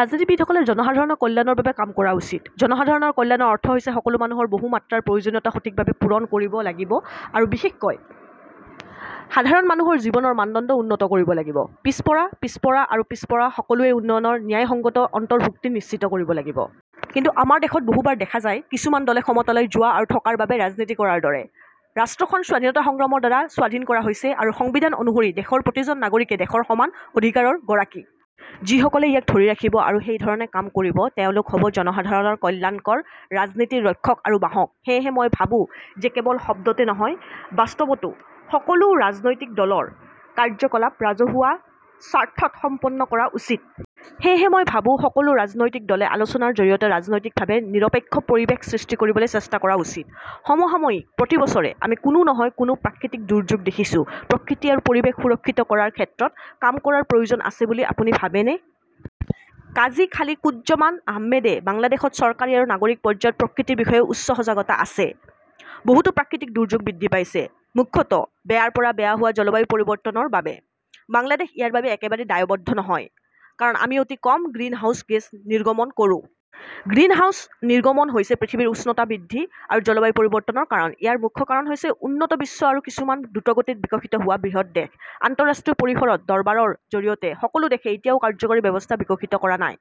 ৰাজনীতিবিদসকলে জনসাধাৰণৰ কল্যাণৰ বাবে কাম কৰা উচিত। জনসাধাৰণৰ কল্যাণৰ অৰ্থ হৈছে সকলো মানুহৰ বহু-মাত্ৰাৰ প্ৰয়োজনীয়তা সঠিকভাৱে পূৰণ কৰিব লাগিব আৰু বিশেষকৈ সাধাৰণ মানুহৰ জীৱনৰ মানদণ্ড উন্নত কৰিব লাগিব। পিছপৰা, পিছপৰা আৰু পিছপৰা সকলোৱে উন্নয়নত ন্যায়সংগত অন্তৰ্ভুক্তি নিশ্চিত কৰিব লাগিব। কিন্তু আমাৰ দেশত বহুবাৰ দেখা যায়, কিছুমান দলে ক্ষমতালৈ যোৱা আৰু থকাৰ বাবে ৰাজনীতি কৰাৰ দৰে। ৰাষ্ট্ৰখন স্বাধীনতা সংগ্ৰামৰ দ্বাৰা স্বাধীন কৰা হৈছে আৰু সংবিধান অনুসৰি দেশৰ প্ৰতিজন নাগৰিকে দেশৰ সমান অধিকাৰৰ গৰাকী। যিসকলে ইয়াক ধৰি ৰাখিব আৰু সেই ধৰণে কাম কৰিব, তেওঁলোক হ "ব জনসাধাৰণৰ কল্যাণকৰ ৰাজনীতিৰ ৰক্ষক আৰু বাহক। সেয়েহে মই ভাবো যে কেৱল শব্দতে নহয়, বাস্তৱতো সকলো ৰাজনৈতিক দলৰ কাৰ্যকলাপ ৰাজহুৱা স্বাৰ্থত সম্পন্ন কৰা উচিত। সেয়েহে মই ভাবো যে সকলো ৰাজনৈতিক দলে আলোচনাৰ জৰিয়তে ৰাজনৈতিকভাৱে নিৰপেক্ষ পৰিৱেশ সৃষ্টি কৰিবলৈ চেষ্টা কৰা উচিত। সমসাময়িকঃ প্ৰতি বছৰে আমি কোনো নহয় কোনো প্ৰাকৃতিক দুৰ্যোগ দেখিছোঁ। প্ৰকৃতি আৰু পৰিৱেশ সুৰক্ষিত কৰাৰ ক্ষেত্ৰত কাম কৰাৰ প্ৰয়োজন আছে বুলি আপুনি ভাবেনে? কাজী খালিকুজ্জমান আহমেদঃ বাংলাদেশত চৰকাৰী আৰু নাগৰিক পৰ্যায়ত প্ৰকৃতিৰ বিষয়ে উচ্চ সজাগতা আছে। বহুতো প্ৰাকৃতিক দুৰ্যোগ বৃদ্ধি পাইছে, মুখ্যতঃ বেয়াৰ পৰা বেয়া হোৱা জলবায়ু পৰিৱৰ্তনৰ বাবে। বাংলাদেশ ইয়াৰ বাবে একেবাৰে দায়বদ্ধ নহয়। কাৰণ আমি অতি কম গ্ৰীণহাউছ গেছ নিৰ্গমন কৰোঁ। গ্ৰীণহাউছ গেছ নিৰ্গমন হৈছে পৃথিৱীৰ উষ্ণতা বৃদ্ধি আৰু জলবায়ু পৰিৱৰ্তনৰ কাৰণ। ইয়াৰ মুখ্য কাৰণ হৈছে উন্নত বিশ্ব আৰু কিছুমান দ্ৰুতগতিত বিকশিত হোৱা বৃহৎ দেশ। আন্তঃৰাষ্ট্ৰীয় পৰিসৰত দৰবাৰৰ জৰিয়তে সকলো দেশে এতিয়াও কাৰ্যকৰী ব্যৱস্থা বিকশিত কৰা নাই।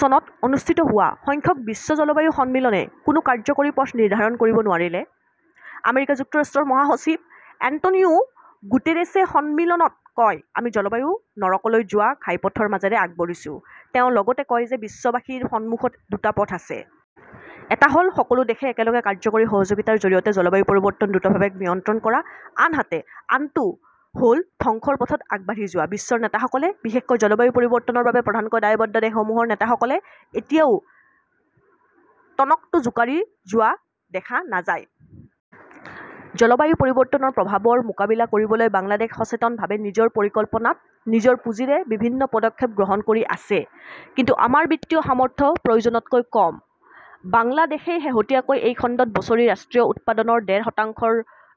চনত অনুষ্ঠিত হোৱা সংখ্যক বিশ্ব জলবায়ু সন্মিলনে কোনো কাৰ্যকৰী পথ নিৰ্ধাৰণ কৰিব নোৱাৰিলে। আমেৰিকা যুক্তৰাষ্ট্ৰৰ মহাসচিব এন্টোনিও গুটেৰেছে সন্মিলনত কয়, "আমি জলবায়ুৰ নৰকলৈ যোৱা ঘাইপথৰ মাজেৰে আগবাঢ়িছো। " তেওঁ লগতে কয় যে বিশ্ববাসীৰ সন্মুখত দুটা পথ আছে। এটা হ "ল সকলো দেশে একেলগে কাৰ্যকৰী সহযোগিতাৰ জৰিয়তে জলবায়ু পৰিৱৰ্তন দ্ৰুতভাৱে নিয়ন্ত্ৰণ কৰা, আনহাতে আনটো হ" ল ধ্বংসৰ পথত আগবাঢ়ি যোৱা। বিশ্ব নেতাসকলে, বিশেষকৈ জলবায়ু পৰিৱৰ্তনৰ বাবে প্ৰধানকৈ দায়বদ্ধ দেশসমূহৰ নেতাসকলে এতিয়াও টনকটো জোকাৰি যোৱা দেখা নাযায়। জলবায়ু পৰিৱৰ্তনৰ প্ৰভাৱৰ মোকাবিলা কৰিবলৈ বাংলাদেশ সচেতনভাৱে নিজৰ পৰিকল্পনাত, নিজৰ পুঁজিৰে বিভিন্ন পদক্ষেপ গ্ৰহণ কৰি আছে। কিন্তু আমাৰ বিত্তীয় সামৰ্থ্য প্ৰয়োজনতকৈ কম। বাংলাদেশই শেহতীয়াকৈ এই খণ্ডত বছৰি ৰাষ্ট্ৰীয় উৎপাদনৰ ডেৰ শতাংশৰ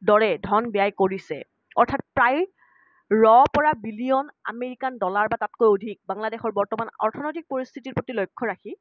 দৰে ধন ব্যয় কৰিছে, অৰ্থাৎ প্ৰায় ৰ পৰা বিলিয়ন আমেৰিকান ডলাৰ বা তাতকৈ অধিক। বাংলাদেশৰ বৰ্তমানৰ অৰ্থনৈতিক পৰিস্থিতিৰ প্ৰতি লক্ষ্য ৰাখি